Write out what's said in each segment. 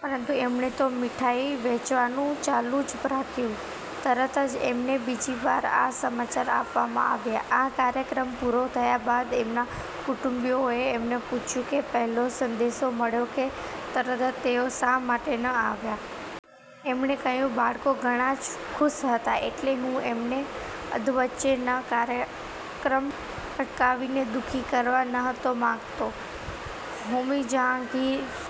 પરંતુ એમણે તો મીઠાઈ વહેંચવાનું ચાલુ જ રાખ્યું. તરત જ એમને બીજી વાર આ સમાચાર આપવામાં આવ્યા. આ કાર્યક્રમ પૂરો થયા બાદ એમના કુટુંબીઓએ એમને પૂછ્યું કે પહેલો સંદેશો મળ્યો કે તરત જ તેઓ શા માટે ન આવ્યા? એમણે કહ્યું, "બાળકો ઘણા જ ખુશ હતા એટલે હું એમને અધવચ્ચે જ કાર્યક્રમ અટકાવીને દુઃખી કરવા નહોતો માંગતો. " હોમી જહાંગીર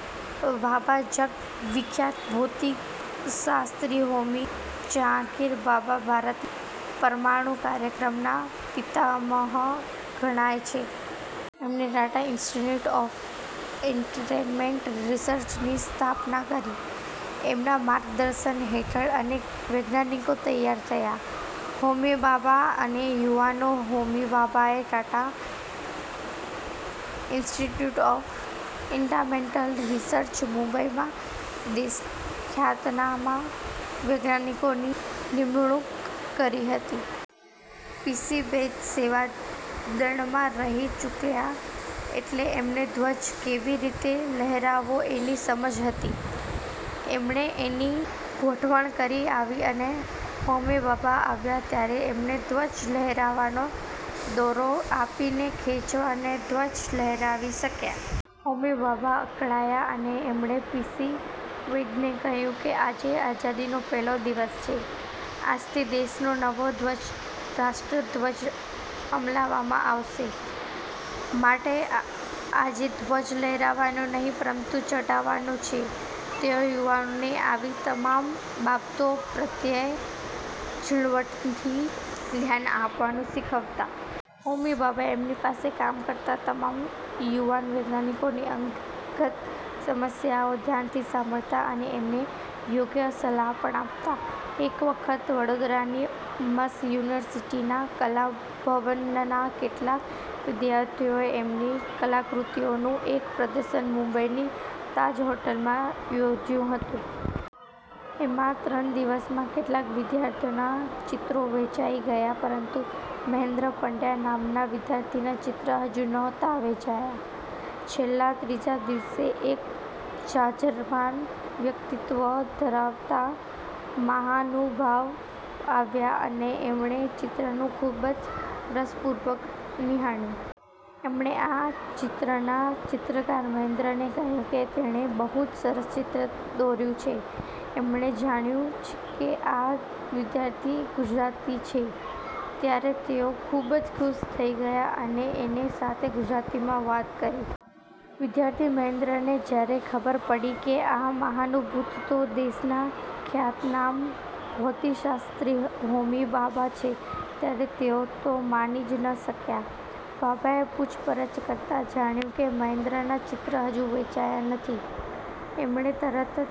ભાભા જગ વિખ્યાત ભૌતિકશાસ્ત્રી હોમી જહાંગીર ભાભા ભારતના પરમાણુ કાર્યક્રમના પિતામહ ગણાય છે. એમણે ટાટા ઇન્સ્ટિટ્યૂટ ઓફ ફંડામેન્ટલ રિસર્ચની સ્થાપના કરી. એમના માર્ગદર્શન હેઠળ અનેક વૈજ્ઞાનિકો તૈયાર થયા. હોમી ભાભા અને યુવાનો હોમી ભાભાએ Tata Institute of Fundamental Research, મુંબઈમાં દેશના ખ્યાતનામ વૈજ્ઞાનિકોની નિમણુંક કરી હતી. પી. સી. વૈદ્ય સેવાદળમાં રહી ચૂકેલા એટલે એમને ધ્વજ કેવી રીતે લહેરાવવો એની સમજ હતી. એમણે એની ગોઠવણ કરી આપી અને હોમી ભાભા આવ્યા ત્યારે એમને ધ્વજ લહેરાવવા દોરી આપી જે ખેંચીને ધ્વજ લહેરાવી શકાય. હોમી ભાભા અકળાયા અને એમણે પી. સી. વૈદ્યને કહ્યું કે, "આજે આઝાદીનો પહેલો દિવસ છે. આજથી દેશનો નવો રાષ્ટ્રધ્વજ અમલમાં આવે છે. માટે આજે ધ્વજ લહેરાવવાનો નથી પરંતુ ચઢાવવાનો છે. " તેઓ યુવાનોને આવી તમામ બાબતો પ્રત્યે ઝીણવટથી ધ્યાન આપવાનું શીખવતા. હોમી ભાભા એમની પાસે કામ કરતા તમામ યુવાન વૈજ્ઞાનિકોની અંગત સમસ્યાઓ ધ્યાનથી સાંભળતા અને એમને યોગ્ય સલાહ પણ આપતા. એક વખત વડોદરાની મ. સ. યુનિવર્સીટીના કલાભવનના કેટલાક વિદ્યાર્થીઓએ એમની કલાકૃતિઓનું એક પ્રદર્શન મુંબઈની તાજ હોટેલમાં યોજ્યું હતું. એમાં ત્રણ દિવસમાં કેટલાક વિદ્યાર્થીઓના ચિત્રો વેંચાઈ ગયા પરંતુ મહેન્દ્ર પંડયા નામના વિદ્યાર્થીના ચિત્રો હજી નહોતા વેંચાયા. છેલ્લા ત્રીજા દિવસે એક જાજરમાન વ્યક્તિત્વ ધરાવતા મહાનુભાવ આવ્યા અને એમણે ચિત્રોને ખુબ જ રસપૂર્વક નિહાળ્યા. એમણે આ ચિત્રોના ચિત્રકાર મહેન્દ્રને કહ્યું કે એણે બહુ જ સરસ ચિત્રો દોર્યા છે. એમણે જાણ્યું કે આ વિદ્યાર્થી ગુજરાતી છે ત્યારે તેઓ ખુબ જ ખુશ થઇ ગયા અને એની સાથે ગુજરાતીમાં વાત કરી. વિદ્યાર્થી મહેન્દ્રને જયારે ખબર પડી કે આ મહાનુભાવ તો દેશના ખ્યાતનામ ભૌતિકશાસ્ત્રી હોમી ભાભા છે ત્યારે તેઓ તો માની જ ન શક્યા. ભાભાએ પૂછપરછ કરતાં જાણ્યું કે મહેન્દ્રના ચિત્રો હજી વેંચાયા નથી. એમણે તરત જ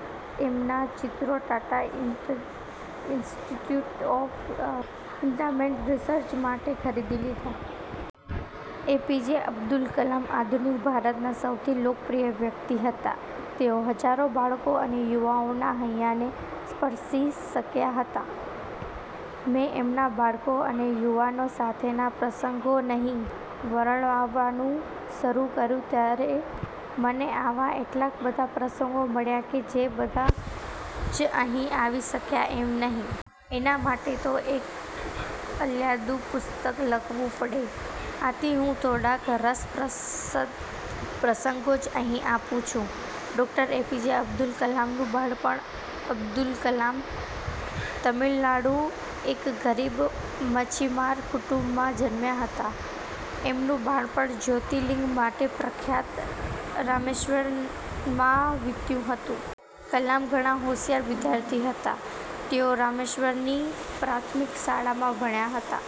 એમના ચિત્રો Tata Institute of Fundamental Research માટે ખરીદી લીધા. એપીજે અબ્દુલ કલામ આધુનિક ભારતના સૌથી લોકપ્રિય વ્યક્તિ હતા. તેઓ હજારો બાળકો અને યુવાનોના હૈયાને સ્પર્શી શક્યા હતા. મેં એમના બાળકો અને યુવાનો સાથેના પ્રસંગો અહીં વર્ણવવાનું શરુ કર્યું ત્યારે મને આવા એટલા બધા પ્રસંગો મળ્યા કે જે બધા જ અહીં આપી શકાય એમ નથી. એના માટે તો એક અલાયદું પુસ્તક લખવું પડે! આથી હું થોડાક રસપ્રદ પ્રસંગો જ અહીં આપું છું. ડૉ. એપીજે અબ્દુલ કલામનું બાળપણ અબ્દુલ કલામ તામિલનાડુના એક ગરીબ માછીમાર કુટુંબમાં જનમ્યા હતા. એમનું બાળપણ જ્યોતિર્લિંગ માટે પ્રખ્યાત રામેશ્વરમમાં વીત્યું હતું. કલામ ઘણા હોશિયાર વિદ્યાર્થી હતા. તેઓ રામેશ્વરમની પ્રાથમિક શાળામાં ભણતા હતા.